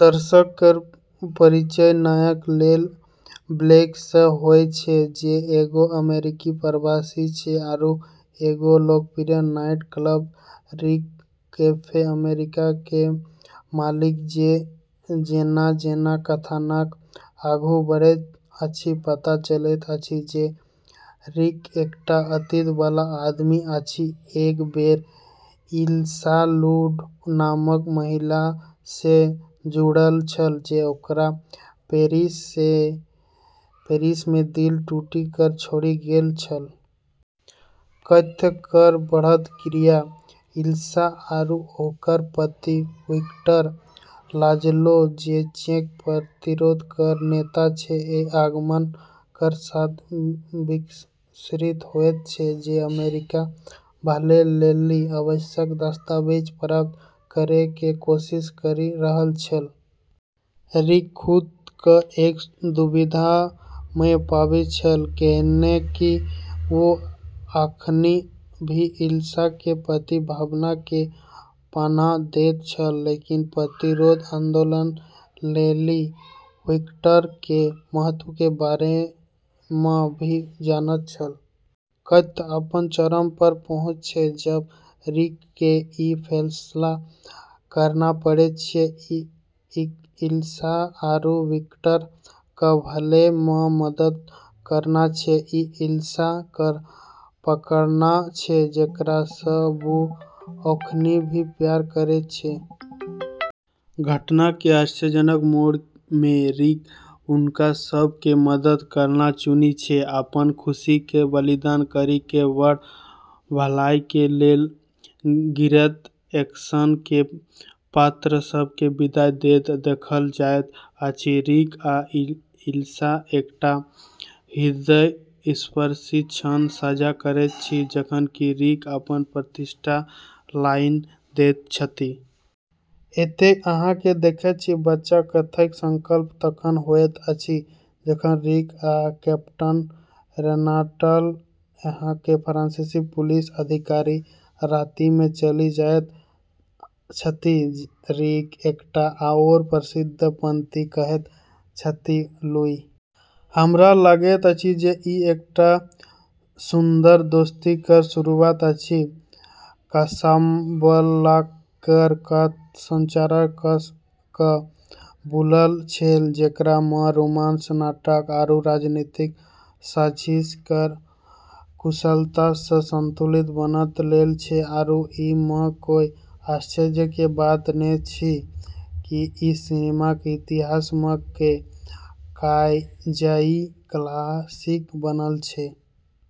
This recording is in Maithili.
दर्शक केरऽ परिचय नायक रिक ब्लेन सऽ होय छै, जे एगो अमेरिकी प्रवासी छै आरू एगो लोकप्रिय night club, Rick cafe American के मालिक छै। जेना-जेना कथानक आगू बढ़ैत अछि, पता चलैत अछि जे रिक एकटा अतीत वाला आदमी अछि, एक बेर इल्सा लुंड नामक महिला सं जुड़ल छल, जे ओकरा पेरिस मे दिल टूटि कऽ छोड़ि गेल छल । कथ्य केरऽ बढ़तऽ क्रिया इल्सा आरू ओकरऽ पति विक्टर लाजलो, जे चेक प्रतिरोध केरऽ नेता छै, के आगमन के साथ विकसित होय छै, जे अमेरिका भागै लेली आवश्यक दस्तावेज प्राप्त करै के कोशिश करी रहलऽ छै। रिक खुद कऽ एक दुविधा मऽ पाबै छै, कैन्हेंकि वू अखनी भी इल्सा के प्रति भावना के पनाह दै छै, लेकिन प्रतिरोध आन्दोलन लेली विक्टर के महत्व के बारे मऽ भी जानत छै। कथ्य अपनऽ चरम पर पहुँचै छै जबऽ रिक कऽ ई फैसला करना पड़ै छै कि इल्सा आरू विक्टर कऽ भागै मऽ मदद करना छै, या इल्सा कऽ पकड़ना छै, जेकरा सऽ वू अखनी भी प्यार करै छै। घटना के आश्चर्यजनक मोड़ में रिक हुनका सब के मदद करना चुनै छै, अपनऽ खुशी के बलिदान करी कऽ बड़ऽ भलाई के लेलऽ। गिरैत एक्शन में पात्र सब के विदाई दैत देखल जाइत अछि, रिक आ इल्सा एकटा हृदयस्पर्शी क्षण साझा करैत छथि, जखन कि रिक अपन प्रतिष्ठित लाइन दैत छथि । एतय अहाँ के देखैत छी, बच्चा। कथ्यक संकल्प तखन होइत अछि जखन रिक आ कैप्टन रेनॉल्ट, एकटा फ्रांसीसी पुलिस अधिकारी, राति मे चलि जाइत छथि, रिक एकटा आओर प्रसिद्ध पाँति कहैत छथि ।लुई, हमरा लगैत अछि जे ई एकटा सुन्दर दोस्ती केर शुरुआत अछि। कासाब्लांका केरऽ कथ्य संरचना कस कऽ बुनलऽ छै, जेकरा मऽ रोमांस, नाटक आरू राजनीतिक साजिश के कुशलता सऽ संतुलन बनैलऽ गेलऽ छै, आरू ई मऽ कोय आश्चर्य के बात नै छै कि ई सिनेमा के इतिहास मऽ एक कालजयी क्लासिक बनलऽ छै।